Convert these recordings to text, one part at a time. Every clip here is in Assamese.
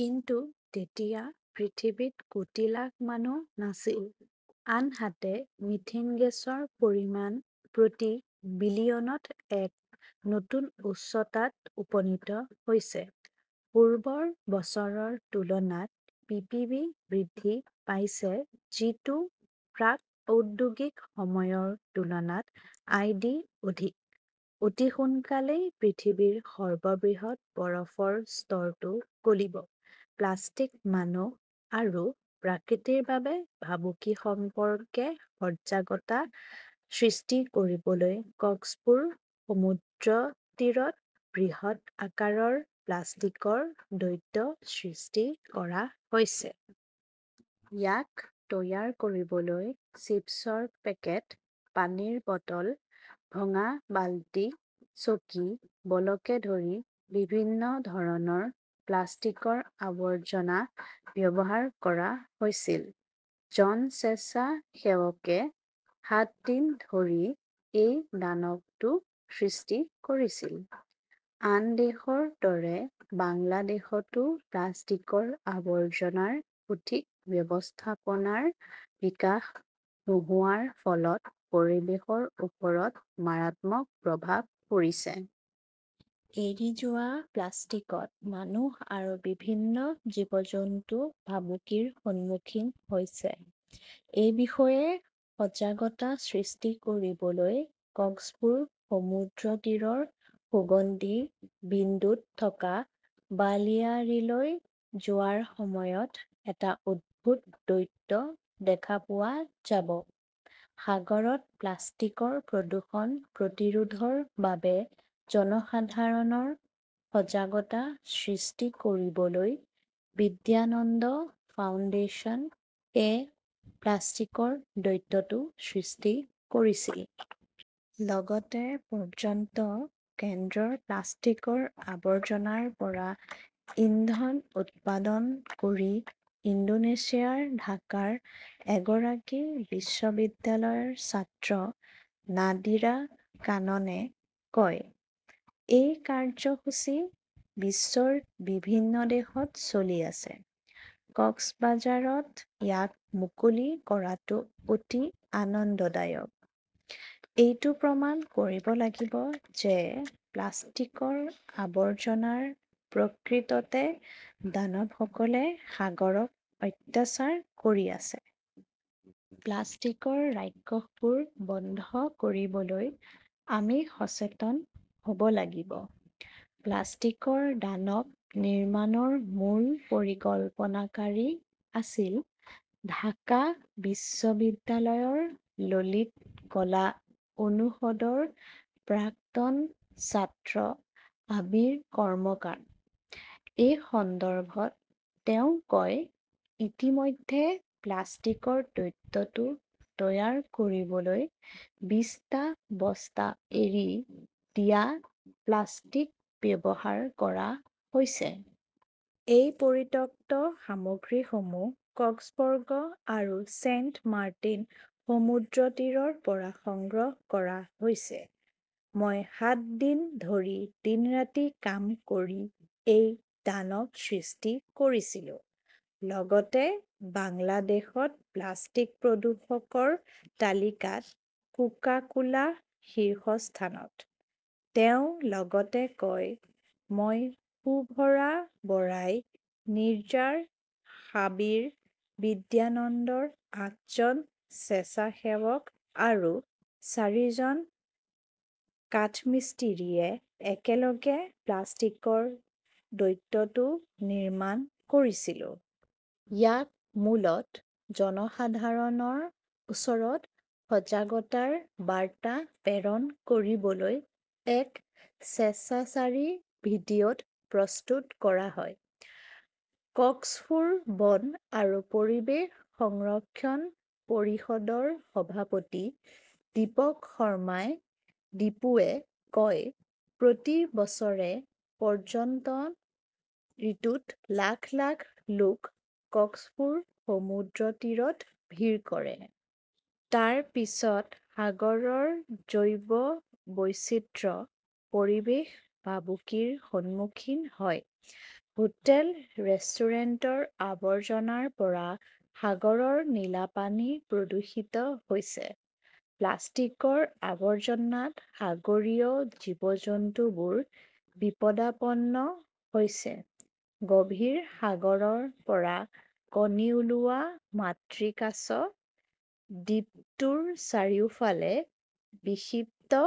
কিন্তু তেতিয়া পৃথিৱীত কোটি লাখ মানুহ নাছিল। আনহাতে, মিথেন গেছৰ পৰিমাণ প্ৰতি বিলিয়নত এক নতুন উচ্চতাত উপনীত হৈছে। পূৰ্বৰ বছৰৰ তুলনাত পিপিবি বৃদ্ধি পাইছে যিটো প্ৰাক-ঔদ্যোগিক সময়ৰ তুলনাত আই. ডি. অধিক। অতি সোনকালেই পৃথিৱীৰ সৰ্ববৃহৎ বৰফৰ স্তৰটো গলিব, প্লাষ্টিক মানুহ আৰু প্ৰকৃতিৰ বাবে ভাবুকি সম্পৰ্কে সজাগতা সৃষ্টি কৰিবলৈ কক্সবুৰ সমুদ্ৰতীৰত বৃহৎ আকাৰৰ প্লাষ্টিকৰ দৈত্য সৃষ্টি কৰা হৈছে। ইয়াক তৈয়াৰ কৰিবলৈ চিপছৰ পেকেট, পানীৰ বটল, ভঙা বালতি, চকী, বলকে ধৰি বিভিন্ন ধৰণৰ প্লাষ্টিকৰ আৱৰ্জনা ব্যৱহাৰ কৰা হৈছিল। জন স্বেচ্ছাসেৱকে সাত দিন ধৰি এই দানৱটো সৃষ্টি কৰিছিল। আন দেশৰ দৰে বাংলাদেশতো প্লাষ্টিকৰ আৱৰ্জনাৰ সঠিক ব্যৱস্থাপনাৰ বিকাশ নোহোৱাৰ ফলত পৰিৱেশৰ ওপৰত মাৰাত্মক প্ৰভাৱ পৰিছে। এৰি যোৱা প্লাষ্টিকত মানুহ আৰু বিভিন্ন জীৱ-জন্তু ভাবুকিৰ সন্মুখীন হৈছে। এই বিষয়ে সজাগতা সৃষ্টি কৰিবলৈ কক্সবুৰ সমুদ্ৰতীৰৰ সুগন্ধি বিন্দুত থকা বালিয়াড়ীলৈ যোৱাৰ সময়ত এটা অদ্ভুত দৈত্য দেখা পোৱা যাব। সাগৰত প্লাষ্টিকৰ প্ৰদূষণ প্ৰতিৰোধৰ বাবে জনসাধাৰণৰ সজাগতা সৃষ্টি কৰিবলৈ "বিদ্যানন্দ ফাউণ্ডেশ্যন"এ প্লাষ্টিকৰ দৈত্যটো সৃষ্টি কৰিছিল। লগতে পৰ্যটন কেন্দ্ৰৰ প্লাষ্টিকৰ আৱৰ্জনাৰ পৰা ইন্ধন উৎপাদন কৰি ইণ্ডোনেছিয়াৰ ঢাকাৰ এগৰাকী বিশ্ববিদ্যালয়ৰ ছাত্ৰ নাদিৰা কাননে কয়, এই কাৰ্যসূচী বিশ্বৰ বিভিন্ন দেশত চলি আছে। কক্সবাজাৰত ইয়াক মুকলি কৰাটো অতি আনন্দদায়ক। এইটো প্ৰমাণ কৰিব লাগিব যে প্লাষ্টিকৰ আৱৰ্জনা প্ৰকৃততে দানৱসকলে সাগৰক অত্যাচাৰ কৰি আছে। প্লাষ্টিকৰ ৰাক্ষসবোৰ বন্ধ কৰিবলৈ আমি সচেতন হ 'ব লাগিব। প্লাষ্টিকৰ দানৱ নিৰ্মাণৰ মূল পৰিকল্পনাকাৰী আছিল ঢাকা বিশ্ববিদ্যালয়ৰ ললিত কলা অনুষদৰ প্ৰাক্তন ছাত্ৰ আবিৰ কৰ্মকাৰ। এই সন্দৰ্ভত তেওঁ কয়, "ইতিমধ্যে প্লাষ্টিকৰ দৈত্যটো তৈয়াৰ কৰিবলৈ বিছটা বস্তা এৰি দিয়া প্লাষ্টিক ব্যৱহাৰ কৰা হৈছে। এই পৰিত্যক্ত সামগ্ৰীসমূহ কক্সবৰ্গ আৰু ছেইণ্টমাৰ্টিন সমুদ্ৰতীৰৰ পৰা সংগ্ৰহ কৰা হৈছে। মই সাত দিন ধৰি দিন-ৰাতি কাম কৰি এই দানৱ সৃষ্টি কৰিছিলো।" লগতে বাংলাদেশত প্লাষ্টিক প্ৰদূষকৰ তালিকাত কোকা-কোলা শীৰ্ষস্থানত। তেওঁ লগতে কয়, মই শুভৰা বৰাই নিৰ্জাৰ, সাবিৰ, বিদ্যানন্দৰ আঠজন স্বেচ্ছাসেৱক আৰু চাৰিজন কাঠমিস্ত্ৰীয়ে একেলগে প্লাষ্টিকৰ দৈত্যটো নিৰ্মাণ কৰিছিলো। ইয়াক মূলতঃ জনসাধাৰণৰ ওচৰত সজাগতাৰ বাৰ্তা প্ৰেৰণ কৰিবলৈ এক স্বেচ্ছাচাৰী ভিত্তিত প্ৰস্তুত কৰা হয়। "কক্সফুৰ বন আৰু পৰিৱেশ সংৰক্ষণ পৰিষদৰ সভাপতি দীপক শৰ্মা দীপুৱে কয়", "প্ৰতি বছৰে পৰ্যটন ঋতুত লাখ লাখ লোক কক্সফুৰ সমুদ্ৰতীৰত ভিৰ কৰে। তাৰ পিছত সাগৰৰ জৈৱ বৈচিত্ৰ্য, পৰিৱেশ ভাবুকিৰ সন্মুখীন হয়। হোটেল-ৰেষ্টুৰেণ্টৰ আৱৰ্জনাৰ পৰা সাগৰৰ নীলা পানী প্ৰদূষিত হৈছে। প্লাষ্টিকৰ আৱৰ্জনাত সাগৰীয় জীৱ-জন্তুবোৰ বিপদাপন্ন হৈছে। গভীৰ সাগৰৰ পৰা কণী ওলোৱা মাতৃ কাছ, দ্বীপটোৰ চাৰিওফালে বিক্ষিপ্ত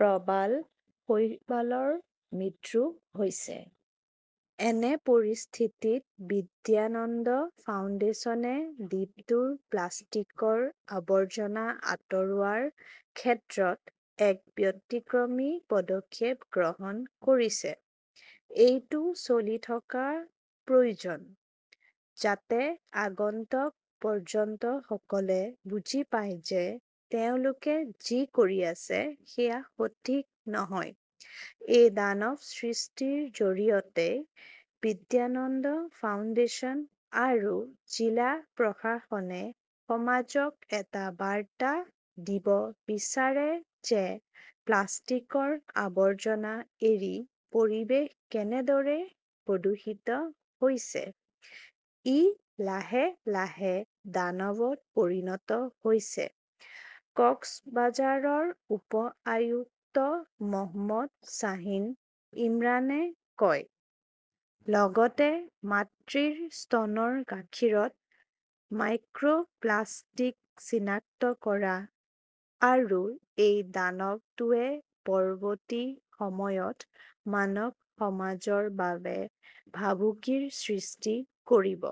প্ৰবাল-শৈবালৰ মৃত্যু হৈছে। এনে পৰিস্থিতিত বিদ্যাানন্দ ফাউণ্ডেচনে দ্বীপটোৰ প্লাষ্টিকৰ আৱৰ্জনা আঁতৰোৱাৰ ক্ষেত্ৰত এক ব্যতিক্ৰমী পদক্ষেপ গ্ৰহণ কৰিছে। এইটো চলি থকাৰ প্ৰয়োজন। যাতে আগন্তুক পৰ্যটকসকলে বুজি পায় যে তেওঁলোকে যি কৰি আছে সেয়া সঠিক নহয়। এই দানৱ সৃষ্টিৰ জৰিয়তেই বিদ্যানন্দ ফাউণ্ডেশ্যন আৰু জিলা প্ৰশাসনে সমাজক এটা বাৰ্তা দিব বিচাৰে যে প্লাষ্টিকৰ আৱৰ্জনা এৰি পৰিৱেশ কেনেদৰে প্ৰদূষিত হৈছে, ই লাহে লাহে দানৱত পৰিণত হৈছে, কক্সবাজাৰৰ উপ-আয়ুক্ত মহম্মদ শ্বাহিন ইমৰানে কয়। লগতে মাতৃৰ স্তনৰ গাখীৰত মাইক্ৰ'প্লাষ্টিক চিনাক্ত কৰা আৰু এই দানৱটোৱে পৰৱৰ্তী সময়ত মানৱ সমাজৰ বাবে ভাবুকিৰ সৃষ্টি কৰিব।